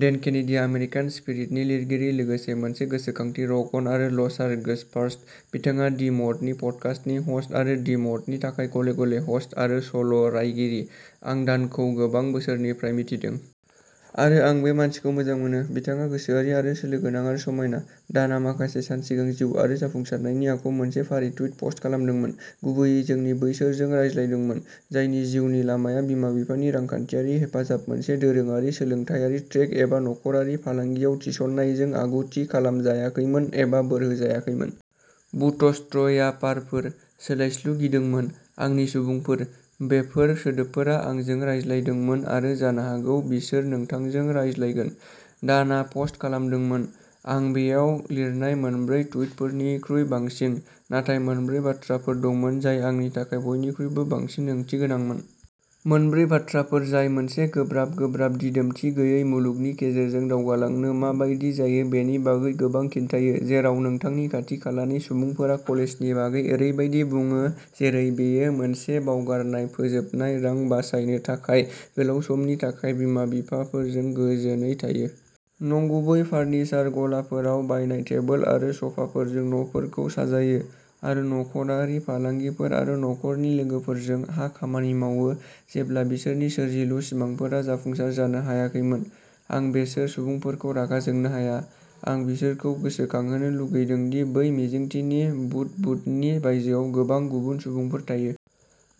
डेन केनेडीआ American spirit नि लिरगिरि लोगोसे मोनसे गोसोखांथि रक अन आरो लसार गोज फार्स्ट। बिथाङा दि मथनि पडकास्टनि ह'स्ट आरो दि मथनि थाखाय गले-गले ह'स्ट आरो सल'रायगिरि। आं दानखौ गोबां बोसोरनिफ्राय मिथिदों। आरो आं बे मानसिखौ मोजां मोनो। बिथाङा गोसोआरि आरो सोलो गोनां आरो समायना। दानआ माखासे सान सिगां जिउ आरो जाफुंसारनायनि आखुआव मोनसे फारि टुइट पस्ट खालामदोंमोन। गुबैयै जोंनि बैसोरजों रायज्लायदोंमोन। जायनि जिउनि लामाया बिमा-बिफानि रांखान्थियारि हेफाजाब मोनसे दोरोङारि सोलोंथायारि ट्रेक एबा नखरारि फालांगियाव थिसननायजों आगु थि खालामजायाखैमोन एबा बोर होजायाखैमोन। बुटस्ट्र्यापारफोर। सोलायस्लु गिदोंमोन। आंनि सुबुंफोर। बेफोर सोदोबफोरा आंजों रायज्लायदोंमोन आरो जानो हागौ बिसोर नोंथांजों रायज्लायगोन। दानआ पस्ट खालामदोंमोन। आं बेयाव लिरनाय मोनब्रै टुइटफोरनिख्रुइ बांसिन। नाथाय मोनब्रै बाथ्राफोर दंमोन जाय आंनि थाखाय बयनिख्रुइबो बांसिन ओंथि गोनांमोन। मोनब्रै बाथ्राफोर जाय मोनसे गोब्राब गोब्राब दिदोमथि गैयै मुलुगनि गेजेरजों दावगालांनो मा बायदि जायो बेनि बागै गोबां खिन्थायो जेराव नोंथांनि खाथि-खालानि सुबुंफोरा कलेजनि बागै ओरैबायदि बुङो जेरै बेयो मोनसे बावगारनाय फोजोबनाय रां बासायनो थाखाय गोलाव समनि थाखाय बिमा-बिफाफोरजों गोजोनयै थायो। नंगुबै फारनिचार गलाफोराव बायनाय टेबोल आरो स'फाफोरजों न'फोरखौ साजायो। आरो नखरारि फालांगिफोर आरो नखरनि लोगोफोरजों हा खामानि मावो जेब्ला बिसोरनि सोरजिलु सिमांफोरा जाफुंसार जानो हायाखैमोन। आं बेसोर सुबुंफोरखौ रागा जोंनो हाया। आं बिसोरखौ गोसोखांहोनो लुगैदों दि बै मिजिंथिनि बुदबुदनि बायजोआव गोबां गुबुन सुबुंफोर थायो।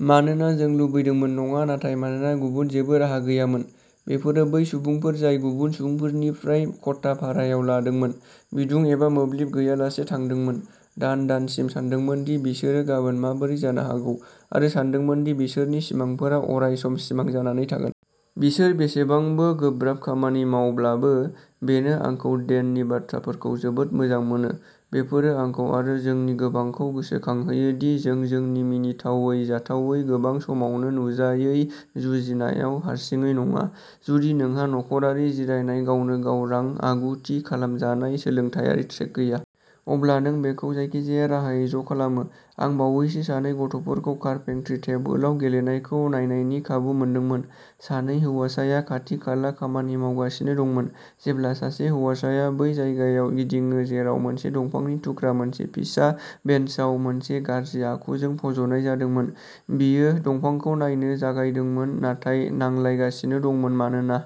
मानोना जों लुबैदोंमोन नङा नाथाय मानोना गुबुन जेबो राहा गैयामोन। बेफोरो बै सुबुंफोर जाय गुबुन सुबुंफोरनिफ्राय खथा भारायाव लादोंमोन। बिदुं एबा मोब्लिब गैयालासे थांदोंमोन। दान-दानसिम सानदोंमोन दि बिसोरो गाबोन माबोरै जानो हागौ। आरो सानदोंमोन दि बिसोरनि सिमांफोरा अरायसम सिमां जानानै थागोन। बिसोर बेसेबांबो गोब्राब खामानि मावब्लाबो। बेनो आंखौ डेननि बाथ्राफोरखौ जोबोद मोजां मोनो। बेफोरो आंखौ आरो जोंनि गोबांखौ गोसोखांहोयो दि जों जोंनि मिनिथावै जाथावै गोबां समावनो नुजायै जुजिनायाव हारसिङै नङा। जुदि नोंहा नख'रारि जिरायनाय गावनो गाव रां आगु-थि खालामजानाय सोलोंथायारि ट्रेक गैया। अब्ला नों बेखौ जायखिजाया राहायै ज'खालामो। आं बावैसो सानै गथ'फोरखौ कारपेंट्रि टेबोलाव गेलेनायखौ नायनायनि खाबु मोनदोंमोन। सानै हौवासाया खाथि-खाला खामानि मावगासिनो दंमोन। जेब्ला सासे हौवासाया बै जायगायाव गिदिङो जेराव मोनसे दंफांनि थुख्रा मोनसे फिसा बेन्चआव मोनसे गाज्रि आखुजों फज'नाय जादोंमोन। बियो दंफांखौ नायनो जागायदोंमोन नाथाय नांलायगासिनो दंमोन मानोना